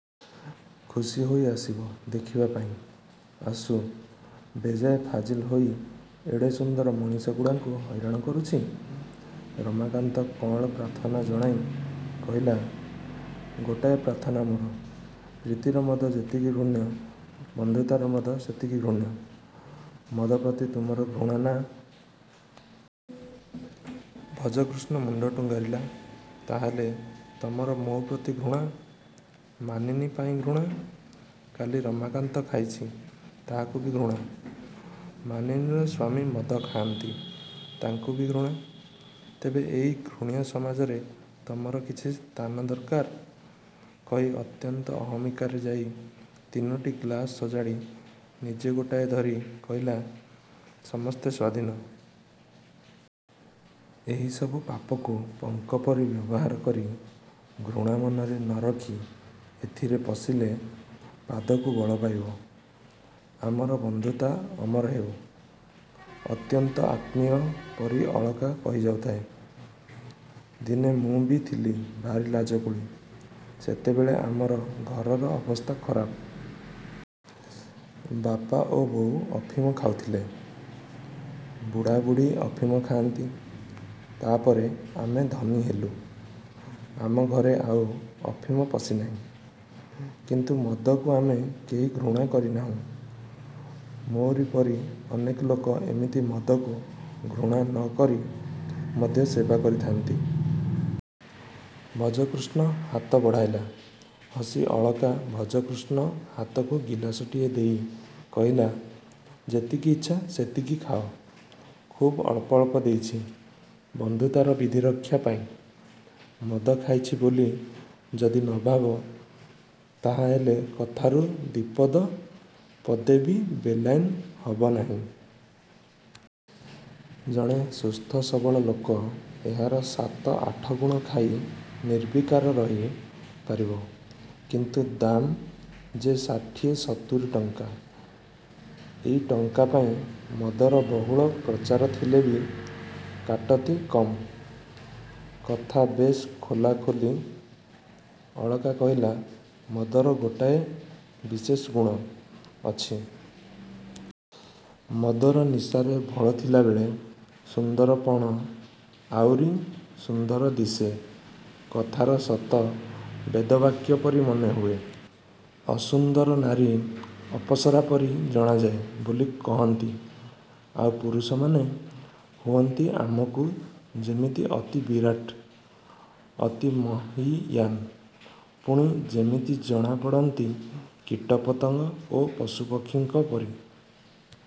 ଖୁସି ହୋଇ ଆସିବ ଦେଖିବା ପାଇଁ-। ଆସୁ। ବେଜାଏ ଫାଜିଲ ହୋଇ ଏଡ଼େ ସୁନ୍ଦର ମଣିଷଗୁଡ଼ାଙ୍କୁ ହଇରାଣ କରୁଛି। ରମାକାନ୍ତ କଅଁଳ ପ୍ରାର୍ଥନା ଜଣାଇ କହିଲା-ଗୋଟାଏ ପ୍ରାର୍ଥନା ମୋର।। ପ୍ରୀତିର ମଦ ଯେମିତି ଘୃଣ୍ୟ, ବନ୍ଧୁତାର ମଦ ସେମିତି ଘୃଣ୍ୟ। ମଦ ପ୍ରତି ତୁମର ଘୃଣା ନା? ଭଜକୃଷ୍ଣ ମୁଣ୍ଡ ଟୁଙ୍ଗାରିଲା। -ତାହେଲେ ତମର ମୋ'ପ୍ରତି ଘୃଣା? -ମାନିନୀ ପାଇଁ ଘୃଣା? -କାଲି ରମାକାନ୍ତ ଖାଇଛି-ତାହାକୁ ବି ଘୃଣା? -ମାନିନୀର ସ୍ୱାମୀ ମଦ ଖାଆନ୍ତି, ତାଙ୍କୁ ବି ଘୃଣା? ତେବେ ଏଇ ଘୃଣ୍ୟ ସମାଜରେ ତମର କିଛି ସ୍ଥାନ ଦରକାର? କହି ଅତ୍ୟନ୍ତ ଅହମିକାରେ ଯାଇ ତିନୋଟି ଗ୍ଲାସ ସଜାଡ଼ି ନିଜେ ଗୋଟାଏ ଧରି କହିଲା-ସମସ୍ତେ ସ୍ୱାଧୀନ। ଏହି ସବୁ ପାପକୁ ପଙ୍କପରି ବ୍ୟବହାର କରି ଘୃଣା ମନରେ ନ ରଖି ଏଥିରେ ପଶିଲେ ପାଦକୁ ବଳ ପାଇବ। ଆମର ବନ୍ଧୁତା ଅମର ହେଉ। ଅତ୍ୟନ୍ତ ଆତ୍ମୀୟ ପରି ଅଳକା କହି ଯାଉଥାଏ-ଦିନେ ମୁଁ ବି ଥିଲି ଭାରି ଲାଜକୁଳି। ସେତେବେଳେ ଆମର ଘରର ଅବସ୍ଥା ଖରାପ। ବାପା ଓ ବୋଉ ଅଫିମ ଖାଉଥିଲେ। ବୁଢ଼ାବୁଢ଼ୀ ଅଫିମ ଖାଆନ୍ତି ତା'ପରେ ଆମେ ଧନୀ ହେଲୁ। ଆମ ଘରେ ଆଉ ଅଫିମ ପଶି ନାହିଁ। କିନ୍ତୁ ମଦକୁ ଆମେ କେହି ଘୃଣା କରି ନାହୁଁ। ମୋରି ପରି ଅନେକ ଲୋକ ଏମିତି ମଦକୁ ଘୃଣା ନ କରି ମଧ୍ୟ ସେବା କରିଥାନ୍ତି। ଭଜକୃଷ୍ଣ ହାତ ବଢ଼ାଇଲା। ହସି ଅଳକା ଭଜକୃଷ୍ଣ ହାତକୁ ଗିଲାସଟିଏ ଦେଇ କହିଲା-ଯେତିକି ଇଚ୍ଛା ସେତିକି ଖାଅ-। ଖୁବ୍ ଅଳ୍ପ ଅଳ୍ପ ଦେଇଛି-ବନ୍ଧୁତାର ବିଧିରକ୍ଷା ପାଇଁ। ମଦ ଖାଇଛି ବୋଲି ଯଦି ନ ଭାବ, ତାହାହେଲେ କଥାରୁ ଦି'ପଦ ପଦେ ବି ବେଲାଇନ ହବ ନାହିଁ। ଜଣେ ସୁସ୍ଥ ସବଳ ଲୋକ ଏହାର ସାତ ଆଠଗୁଣ ଖାଇ ନିର୍ବିକାର ରହି ପାରିବ-କିନ୍ତୁ ଦାମ୍ ଯେ ଷାଠିଏ ସତୁରୀ ଟଙ୍କା ଏଇ ଟଙ୍କା ପାଇଁ ମଦର ବହୁଳ ପ୍ରଚାର ଥିଲେ ବି କାଟତି କମ୍। କଥା ବେଶ୍ ଖୋଲା ଖୋଲି। ଅଳକା କହିଲା-ମଦର ଗୋଟାଏ ବିଶେଷ ଗୁଣ ଅଛି। ମଦର ନିଶାରେ ଭୋଳ ଥିଲାବେଳେ ସୁନ୍ଦରପଣ ଆଉରି ସୁନ୍ଦର ଦିଶେ। କଥାର ସତ ବେଦବାକ୍ୟ ପରି ମନେହୁଏ। ଅସୁନ୍ଦର ନାରୀ ଅପସରା ପରି ଜଣାଯାଏ ବୋଲି କହନ୍ତି। ଆଉ ପୁରୁଷ ମନେ ହୁଅନ୍ତି ଆମକୁ ଯେମିତି ଅତି ବିରାଟ-ଅତି ମହୀୟାନ୍। ପୁଣି ଯେମିତି ଜଣାପଡ଼ନ୍ତି କୀଟ-ପତଙ୍ଗ ଓ ପଶୁପକ୍ଷୀଙ୍କ ପରି।